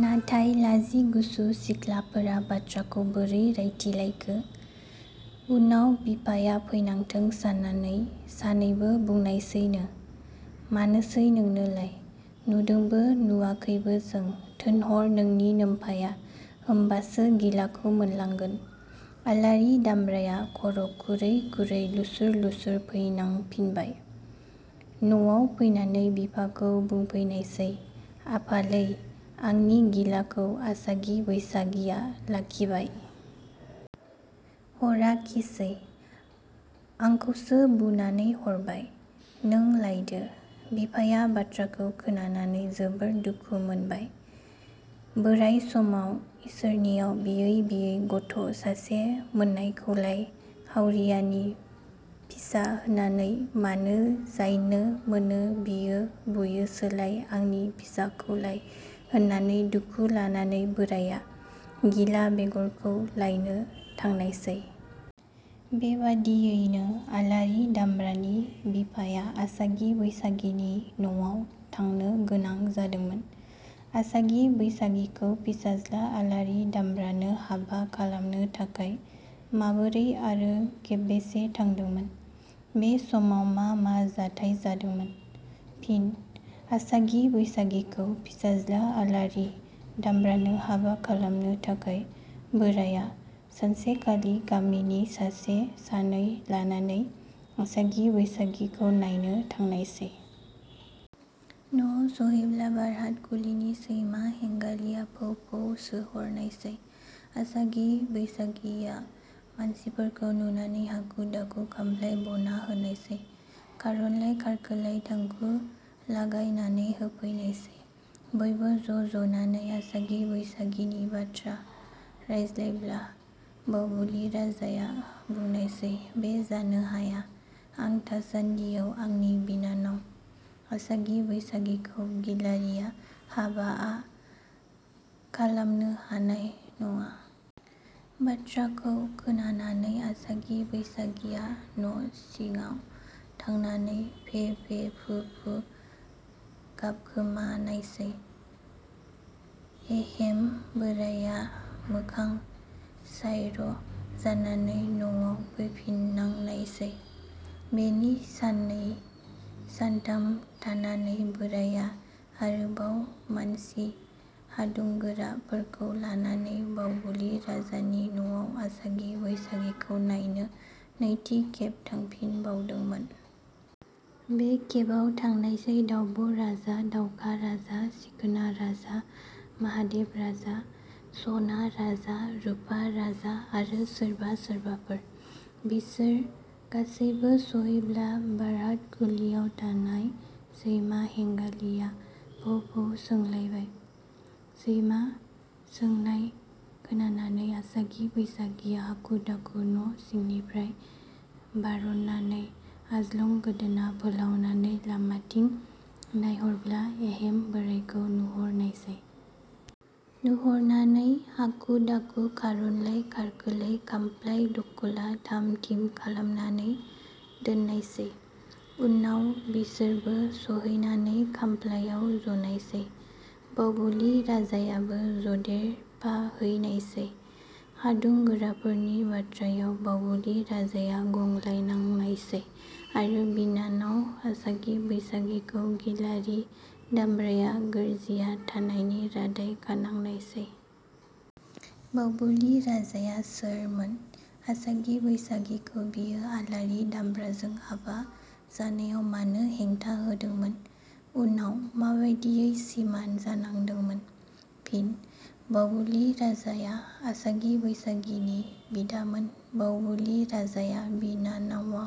नाथाय लाजिगुसु सिख्लाफोरा बाथ्राखौ बोरै रायथिलायखो? उनाव बिफाया फैनांथों साननानै सानैबो बुंनायसैनो – मानोसै नोंनोलाय? नुदोंबो नुवाखैबो जों। थोनहर नोंनि नोमफाया; होमबासो गिलाखौ मोनलांगोन। आलारि दामब्राया खर' खुरै खुरै लुसुर लुसुर फैनांफिनबाय। नआव फैनानै बिफाखौ बुंफैनायसै- आफालै, आंनि गिलाखौ आसागि बैसागिया लाखिबाय। हराखिसै। आंखौसो बुनानै हरबाय। नों लायदो। बिफाया बाथ्राखौ खोनानानै जोबोर दुखु मोनबाय। "बोराइ समाव इसोरनियाव बियै बियै गथ' सासे मोननायखौलाय हावरियानि फिसा होननानै मानो जायनो मोनो बियो बुयोसोलाय आंनि फिसाखौलाय" होननानै दुखु लानानै बोराइया गिला बेगरखौ लायनो थांनायससै। बेबादियैनो आलारि दामब्रानि बिफाया आसागि बैसागिनि न'आव थांनोगोनां जादोंमोन।. आसागि-बैसागिखौ फिसाज्ला आलारि दामब्रानो हाबा खालामनो थाखाय माबोरै आरो खेबबेसे थांदोंमोन? बे समाव मा मा जाथाइ जादोंमोन? फिन: आसागि बैसागिखौ फिसाज्ला आलारि दामब्रानो हाबा खालामनो थाखाय बोराया सानसेखालि गामिनि सासे सानैसो लानानै आसागि बैसागिखौ नायनो थांनायसै। न'आव सहैब्ला बार'हात खुलिनि सैमा हेंगालिया फौ फौ सोहरनायसै। आसागि बैसागिया मानसिफोरखौ नुनानै हाखु दाखु खामफ्लाइ बना होनायसै। खारनलाय खारखोलाय थांखु लागायनानै होफैनायसै। बयबो ज' जनानै आसागि बैसागिनि बाथ्रा रायज्लायब्ला बावबुलि राजाया बुंनायसै- बे जानो हाया, आं थासानदियाव आंनि बिनानाव आसागि बैसागिखौ गिलारिया हाबाआ खालामनो हानाय नडा। बाथ्राखौ खोनानानै आसागि बैसागिया न' सिडाव थांनानै फे-फे, फु-फु गाबखोमानायसै। एहेम बोराइया मोखां सायर' जानानै नआव फैफिननांनायसै। बेनि साननै सानथाम थानानै बोराइया अरोबाव मानसि हादुंगोराफोरखौ लानानै बावबुलि राजानि न'आव आसागि बैसागिखौ नायनो नैथि खेब थांफिनबावदोंमोन। बे खेबाव थांनायसै दाउब' राजा, दाउखा राजा, सिखोना राजा, माहादेब राजा, स'ना राजा, रुफा राजा आरो सोरबा सोरबाफोर। बिसोर गासैबो सहैब्ला बार'हात खुलियाव थानाय सैमा हेंगालिया फौ फौ सोंलायबाय। सैमा सोंनाय खोनानानै आसागि बैसागिया हाखु दाखु न' सिंनिफ्राय बार'ननानै आजलं गोदोना फोलाउनानै लामाथिं नायहरब्ला एहेम बोराइखौ नुहरनायसै। नुहरनानै हाखु-दाखु खारनलाय खारखोलाय खामफ्लाइ दखला थाम थिम खालायनानै दोननायसै। उनाव बिसोरबो सहैनानै खामफ्लाइयाव जनायसै। बावबुलि राजायाबो जदेरफाहैनायसै। हादुं गोराफोरनि बाथ्रायाव बावबुलि राजाया गंग्लायनांनायसै आरो बिनानाव आसागि बैसागिखौ गिलारि दामब्राया गोरजिया थानायनि रादाय खानांनायसै।. बावबुलि राजाया सोरमोन? आसागि-बैसागिखौ बियो आलारि दामब्राजों हाबा जानायाव मानो हेंथा होदोंमोन? उनाव माबादियै सिमान जानांदोंमोन? फिनः बावबुलि राजाया आसागि बैसागिनि बिदामोन। बावबुलि राजाया बिनानावा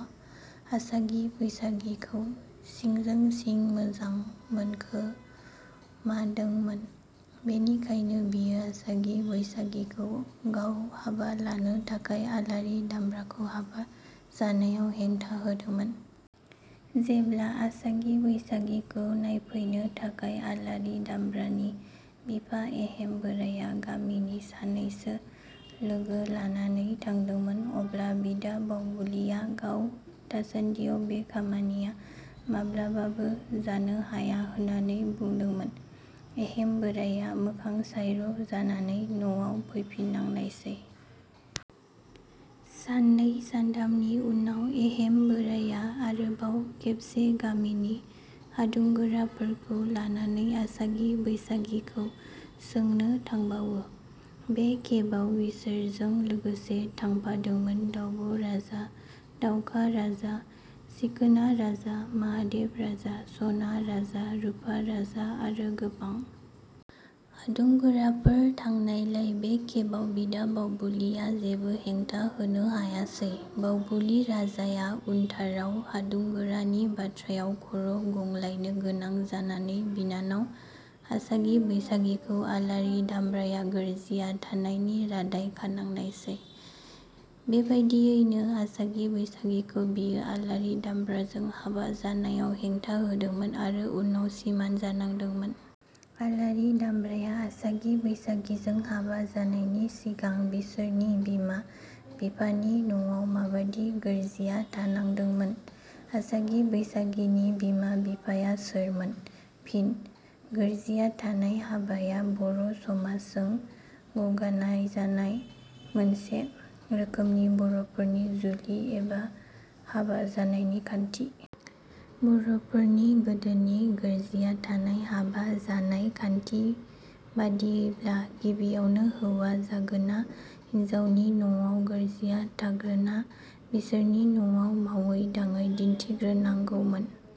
आसागि बैसागिखौ सिंजों सिं मोजां मोनखौमादोंमोन। बेनिखायनो बियो आसागि बैसागिखौ गाव हाबा लानो थाखाय आलारि दामब्राखौ हाबा जानायाव हेंथा होदोंमोन। जेब्ला आसागि बैसागिखौ नायफैनो थाखाय आलारि दामब्रानि बिफा एहेम बोराइया गामिनि सानैसो लोगो लानानै थांदोंमोन अब्ला बिदा बावबुलिया गाव थासानदियाव बे खामानिया माब्लाबाबो जानो हाया होननानै बुंदोंमोन। एहेम बोराइया मोखां सायर' जानानै नआव फैफिननांनायसै। साननै सानथामनि उनाव एहेम बोराया आरोबाव खेबसे गामिनि हादुंगोराफोरखौ लानानै आसागि बैसागिखौ सोंनो थांबावो। बे खेबाव बिसोरजों लोगोसे थांफादोंमोन दाउब' राजा, दाउखा राजा, सिखोना राजा, महादेब राजा, सना राजा, रुफा राजा, आरो गोबां। हादुंगोराफोर थांनायलाय बे खेबाव बिदा बावबुलिया जेबो हेंथा होनो हायासै। बावबुलि राजाया उनथाराव हादुंगोरानि बाथ्रायाव खर' गंग्लायनो गोनां जानानै बिनानाव आसागि बैसागिखौ आलारि दामब्राया गोरजिया थानायनि रादाय खानांनायसै। बेबादियैनो आसागि-बैसागिखौ बियो आलारि दामब्राजों हाबा जानायाव हेंथा होदोंमोन आरो उनाव सिमान जानांदोंमोन।. आलारि दामब्राया आसागि- बैसागिजों हाबा जानायनि सिगां बिसोरनि बिमा बिफानि नआव माबादि गोरजिया थानांदोंमोन? आसागि बैसागिनि बिमा-बिफाया सोरमोन? फिनः गोरजिया थानाय हाबाया बर' समाज जों गगानायजानाय मोनसे रोखोमनि बर'फोरनि जुलि एबा हाबा जानायनि खान्थि। बर'फोरनि गोदोनि गोरजिया थानाय हाबा जानाय खान्थि बादियैब्ला गिबियावनो हौवा जागोना हिनजावनि नवाव गोरजिया थाग्रोना बिसोरनि नवाव मावै-दाङै दिन्थिग्रोनांगौमोन।